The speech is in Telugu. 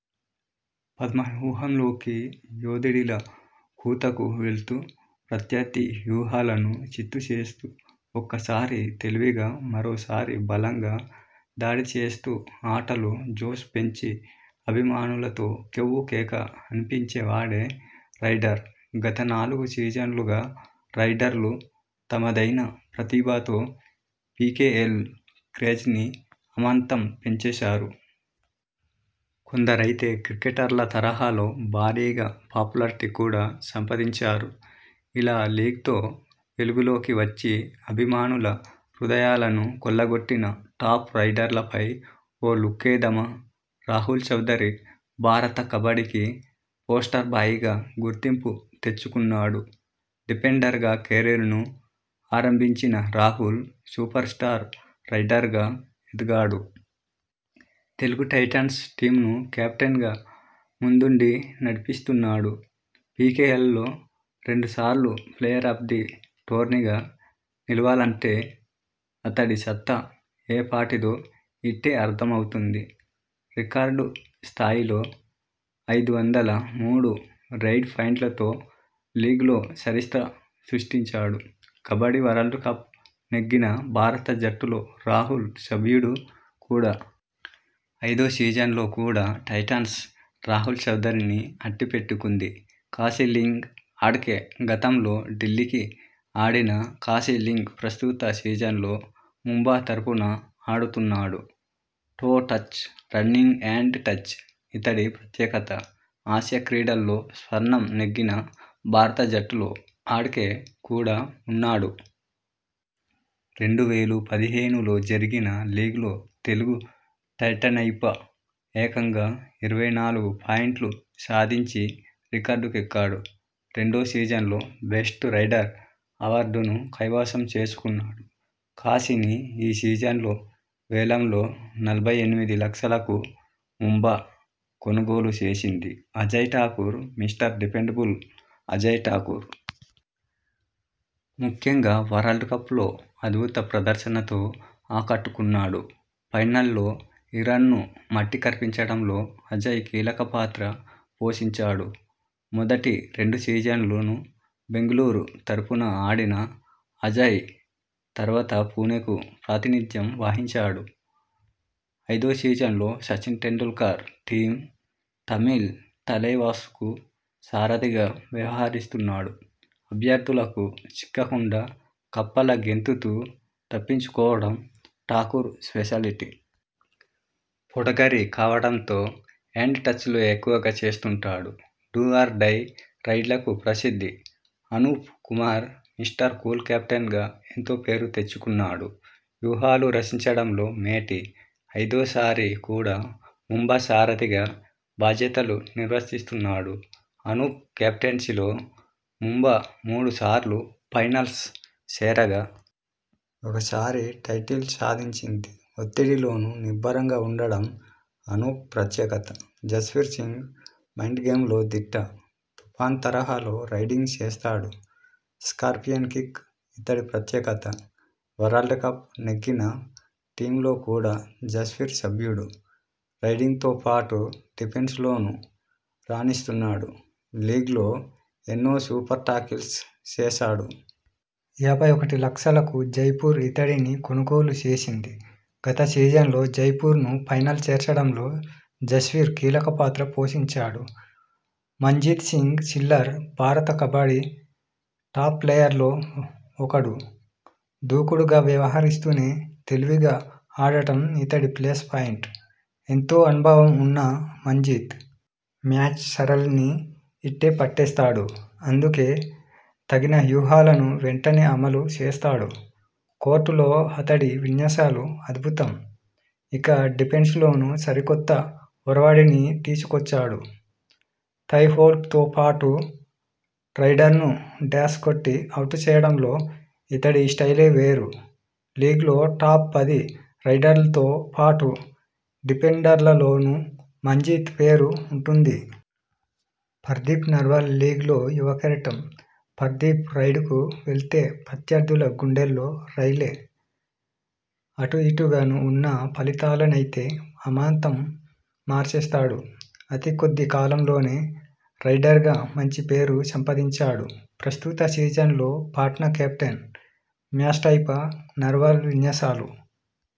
పద్మవ్యూహంలోకి యోధుడిలా కూతకు వెళ్తూ ప్రత్యర్థి వ్యూహాలను చిత్తు చేస్తూ ఒక్కోసారి తెలివిగా మరోసారి బలంగా దాడి చేస్తూ ఆటలో జోష్ పెంచి అభిమానులతో కెవ్వు కేక అనిపించే వాడే రైడర్! గత నాలుగు సీజన్లుగా రైడర్లు తమదైన ప్రతిభతో పీకేఎల్ క్రేజ్ని అమాంతం పెంచేశారు. కొందరైతే క్రికెటర్ల తరహాలో భారీగా పాపులారిటీ కూడా సంపాదించారు. ఇలా లీగ్తో వెలుగులోకి వచ్చి అభిమానుల హృదయాలను కొల్లగొట్టిన టాప్ రైడర్లపై ఓ లుక్కేద్దామా! రాహుల్ చౌదరి భారత కబడ్డీకి పోస్టర్ బాయ్గా గుర్తింపు తెచ్చుకున్నాడు. డిఫెండర్గా కెరీర్ను ఆరంభించిన రాహుల్.. సూపర్ స్టార్ రైడర్గా ఎదిగాడు. తెలుగు టైటా న్స్ టీమ్ను కెప్టెన్గా ముందుండి నడిపిస్తున్నాడు. పీకేఎల్లో రెండుసార్లు ప్లేయర్ ఆఫ్ ది టోర్నీగా నిలిచాడంటే అతడి సత్తా ఏపాటిదో ఇట్టే అర్థమ వుతోంది. రికార్డు స్థాయిలో ఐదు వందల మూడు రెయిడ్ పాయింట్లతో లీగ్లో చరిత్ర సృష్టించాడు. కబడ్డీ వరల్డ్కప్ నెగ్గిన భారత జట్టులో రాహుల్ సభ్యుడు కూడా. ఐదో సీజన్లో కూడా టైటాన్స్ రాహుల్ చౌదరిని అట్టి పెట్టుకుంది. కాశీలింగ్ అడ్కే గతంలో ఢిల్లీకి ఆడిన కాశీలింగ్.. ప్రస్తుత సీజన్లో ముంబా తరఫున ఆడుతున్నాడు. Toe touch, running hand touch ఇతడి ప్రత్యేకత. ఆసియా క్రీడల్లో స్వర్ణం నెగ్గిన భారత జట్టులో అడ్కే కూడా ఉన్నాడు. రెండు వేల పదిహేనులో జరిగిన లీగ్లో తెలుగు టైటాన్స్పై ఏకంగా ఇరవై నాలుగు పాయింట్లు సాధించి రికార్డులకెక్కాడు. రెండో సీజన్లో బెస్ట్ రైడర్ అవార్డును కైవసం చేసుకున్నాడు. కాశీని ఈ సీజన్ వేలంలో నలభై ఎనిమిది లక్షలకు ముంబా కొనుగోలు చేసింది. Ajay Thakur mister dependable Ajay Thakur. ముఖ్యంగా వరల్డ్కప్లో అద్భుత ప్రదర్శనతో ఆకట్టుకున్నాడు. ఫైనల్లో ఇరాన్ను మట్టి కరిపించడంలో అజయ్ కీలకపాత్ర పోషించాడు. మొదటి రెండు సీజన్లు బెంగళూరు తరఫున ఆడిన అజయ్.. తర్వాత పుణెకు ప్రాతినిధ్యం వహించాడు. ఐదో సీజన్లో సచిన్ టెండూల్కర్ టీమ్ తమిళ్ తలైవాస్కు సారథిగా వ్యవహరిస్తున్నాడు. ప్రత్యర్థులకు చిక్కకుండా కప్పలా గెంతుతూ తప్పించుకోవడం ఠాకూర్ స్పెషాలిటీ. పొడగరి కావడంతో హ్యాండ్ టచ్లు ఎక్కువగా చేస్తుంటాడు. డూ ఆర్ డై రైడ్లకు ప్రసిద్ధి. అనూప్ కుమార్ మిస్టర్ కూల్ కెప్టెన్గా ఎంతో పేరు తెచ్చుకున్నాడు. వ్యూహాలు రచించడంలో మేటి. ఐదోసారి కూడా ముంబా సారథిగా బాధ్యతలు నిర్వర్తిస్తున్నాడు. అనూప్ కెప్టెన్సీలో ముంబా మూడుసార్లు ఫైనల్స్ చేరగా.. ఒకసారి టైటిల్ సాధించింది. ఒత్తిడిలోనూ నిబ్బరంగా ఉండడం అనూప్ ప్రత్యేకత. జస్వీర్ సింగ్ మైండ్గేమ్లో దిట్ట. తుఫాన్ తరహాలో రైడింగ్ చేస్తాడు. స్కార్పియాన్ కిక్ ఇతడి ప్రత్యేకత. వరల్డ్కప్ నెగ్గిన టీమ్లో కూడా జస్వీర్ సభ్యుడు. రైడింగ్తోపాటు డిఫెన్స్లోనూ రాణిస్తున్నాడు. లీగ్లో ఎన్నో సూపర్ టాకిల్స్ చేశాడు. యాభై ఒకటి లక్షలకు జైపూర్ ఇతడిని కొనుగోలు చేసింది. గత సీజన్లో జైపూర్ను ఫైనల్ చేర్చడంలో జస్వీర్ కీలకపాత్ర పోషించాడు. మంజీత్ సింగ్ చిల్లార్ భారత కబడ్డీ టాప్ ప్లేయర్లలో ఒకడు. దూకుడుగా వ్యవహరిస్తూనే.. తెలివిగా ఆడడం ఇతడి ప్లస్ పాయింట్. ఎంతో అనుభవం ఉన్న మంజీత్.. మ్యాచ్ సరళిని ఇట్టే పట్టేస్తాడు. అందుకు తగిన వ్యూహాలను వెంటనే అమలు చేస్తాడు. కోర్టులో అతడి విన్యాసాలు అద్భుతం. ఇక డిఫెన్స్లో సరికొత్త ఒరవడిని తీసుకొచ్చాడు. థై హోల్డ్తోపాటు రైడర్ను డాష్ కొట్టి అవుట్ చేయడంలో ఇతడి స్టైలే వేరు. లీగ్లో టాప్-పది రైడర్లతోపాటు డిఫెండర్లలోనూ మంజీత్ పేరు ఉంటుంది. పర్దీప్ నర్వాల్ లీగ్లో యువకెరటం పర్దీప్. రైడ్కు వెళ్తే ప్రత్యర్థుల గుండెల్లో రైళ్లే. అటుఇటూగా ఉన్న ఫలితాలనైతే అమాంతం మార్చేస్తాడు. అతి కొద్ది కాలంలోనే రైడర్గా మంచి పేరు సంపాదించాడు. ప్రస్తుత సీజన్లో పట్నా కెప్టెన్. మ్యాట్పై నర్వాల్ విన్యాసాలు